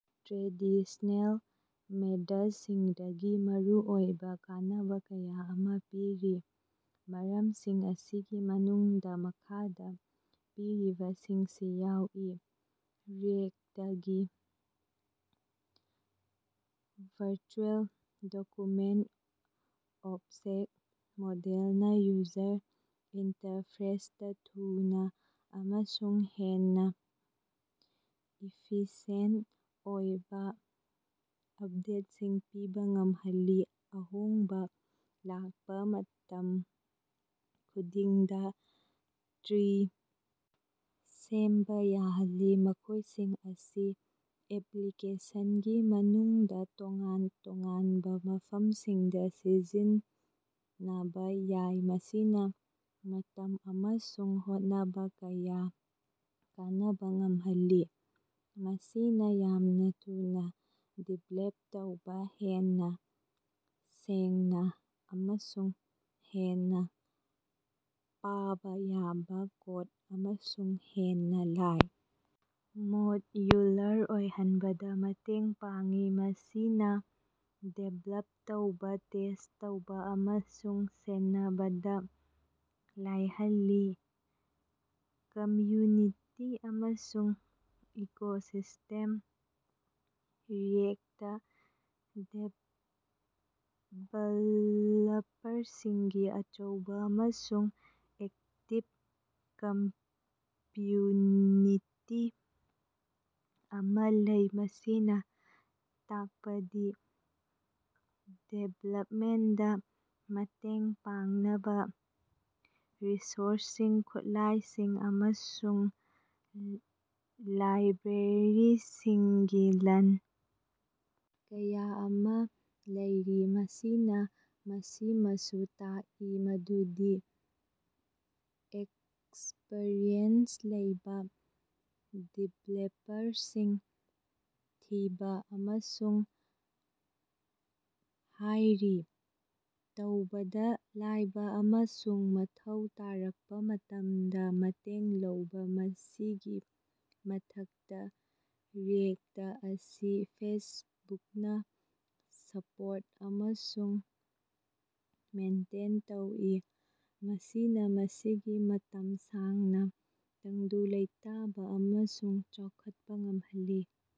Traditional ꯃꯦꯠꯗꯁꯤꯡꯗꯒꯤ ꯃꯔꯨꯑꯣꯏꯕ ꯀꯥꯟꯅꯕ ꯀꯌꯥ ꯑꯃ ꯄꯤꯔꯤ꯫ ꯃꯔꯝꯁꯤꯡ ꯑꯁꯤꯒꯤ ꯃꯅꯨꯡꯗ ꯃꯈꯥꯗ ꯄꯤꯔꯤꯕꯁꯤꯡꯁꯤ ꯌꯥꯎꯏ ꯔꯤꯑꯦꯛꯇꯀꯤ ꯚꯔꯆꯨꯑꯦꯜ ꯗꯣꯀꯨꯃꯦꯟ ꯑꯣꯕꯖꯦꯛ ꯃꯣꯗꯦꯜꯅ ꯌꯨꯖꯔ ꯏꯟꯇꯔꯐꯦꯁꯇ ꯊꯨꯅ ꯑꯃꯁꯨꯡ ꯍꯦꯟꯅ ꯏꯐꯤꯁꯤꯑꯦꯟ ꯑꯣꯏꯕ ꯑꯄꯗꯦꯠꯁꯤꯡ ꯄꯤꯕ ꯉꯝꯍꯜꯂꯤ꯫ ꯑꯍꯣꯡꯕ ꯂꯥꯛꯄ ꯃꯇꯝ ꯈꯨꯗꯤꯡꯗ ꯇ꯭ꯔꯤ ꯁꯦꯝꯕ ꯌꯥꯍꯜꯂꯤ ꯃꯈꯣꯏꯁꯤꯡ ꯑꯁꯤ ꯑꯦꯞꯂꯤꯀꯦꯁꯟꯒꯤ ꯃꯅꯨꯡꯗ ꯇꯣꯉꯥꯟ ꯇꯣꯉꯥꯟꯕ ꯃꯐꯝꯁꯤꯡꯗ ꯁꯤꯖꯤꯟꯅꯕ ꯌꯥꯏ ꯃꯁꯤꯅ ꯃꯇꯝ ꯑꯃꯁꯨꯡ ꯍꯣꯠꯅꯕ ꯀꯌꯥ ꯀꯅꯕ ꯉꯝꯍꯜꯂꯤ꯫ ꯃꯁꯤꯅ ꯌꯥꯝꯅ ꯊꯨꯅ ꯗꯤꯕꯦꯂꯞ ꯇꯧꯕ ꯍꯦꯟꯅ ꯁꯦꯡꯅ ꯑꯃꯁꯨꯡ ꯍꯦꯟꯅ ꯄꯥꯕ ꯌꯥꯕ ꯀꯣꯗ ꯑꯃꯁꯨꯡ ꯍꯦꯟꯅ ꯂꯥꯏ ꯃꯣꯗꯌꯨꯂꯔ ꯑꯣꯏꯍꯟꯕꯗ ꯃꯇꯦꯡ ꯄꯥꯡꯏ ꯃꯁꯤꯅ ꯗꯤꯕꯦꯂꯞ ꯇꯧꯕ ꯇꯦꯁ ꯇꯧꯕ ꯑꯃꯁꯨꯡ ꯁꯦꯟꯅꯕꯗ ꯂꯥꯏꯍꯜꯂꯤ꯫ ꯀꯝꯌꯨꯅꯤꯇꯤ ꯑꯃꯁꯨꯡ ꯏꯀꯣꯁꯤꯁꯇꯦꯝ ꯔꯤꯑꯦꯛꯇ ꯗꯤꯕꯦꯜꯄꯔꯁꯤꯡꯒꯤ ꯑꯆꯧꯕ ꯑꯃꯁꯨꯡ ꯑꯦꯛꯇꯤꯞ ꯀꯝꯃꯤꯌꯨꯅꯤꯇꯤ ꯑꯃ ꯂꯩ ꯃꯁꯤꯅ ꯇꯥꯛꯄꯗꯤ ꯗꯤꯕꯦꯂꯞꯃꯦꯟꯇꯗ ꯃꯇꯦꯡ ꯄꯥꯡꯅꯕ ꯔꯤꯁꯣꯔꯁꯁꯤꯡ ꯈꯨꯠꯂꯥꯏꯁꯤꯡ ꯑꯃꯁꯨꯡ ꯂꯥꯏꯕꯦꯔꯤꯁꯤꯡꯒꯤ ꯂꯟ ꯀꯌꯥ ꯑꯃ ꯂꯩꯔꯤ꯫ ꯃꯁꯤꯅ ꯃꯁꯤꯃꯁꯨ ꯇꯥꯛꯏ ꯃꯗꯨꯗꯤ ꯑꯦꯛꯁꯄꯔꯤꯌꯦꯟꯁ ꯂꯩꯕ ꯗꯤꯕꯦꯜꯄꯔꯁꯤꯡ ꯊꯤꯕ ꯑꯃꯁꯨꯡ ꯍꯥꯏꯔ ꯇꯧꯕꯗ ꯂꯥꯏꯕ ꯑꯃꯁꯨꯡ ꯃꯊꯧ ꯇꯥꯔꯛꯄ ꯃꯇꯝꯗ ꯃꯇꯦꯡ ꯂꯧꯕ꯫ ꯃꯁꯤꯒꯤ ꯃꯊꯛꯇ ꯔꯤꯑꯦꯛꯇ ꯑꯁꯤ ꯐꯦꯁꯕꯨꯛꯅ ꯁꯄꯣꯔꯠ ꯑꯃꯁꯨꯡ ꯃꯦꯟꯇꯦꯟ ꯇꯧꯏ ꯃꯁꯤꯅ ꯃꯁꯤꯒꯤ ꯃꯇꯝ ꯁꯥꯡꯅ ꯇꯪꯗꯨ ꯂꯩꯇꯥꯕ ꯑꯃꯁꯨꯡ ꯆꯥꯎꯈꯠꯄ ꯉꯝꯍꯜꯂꯤ꯫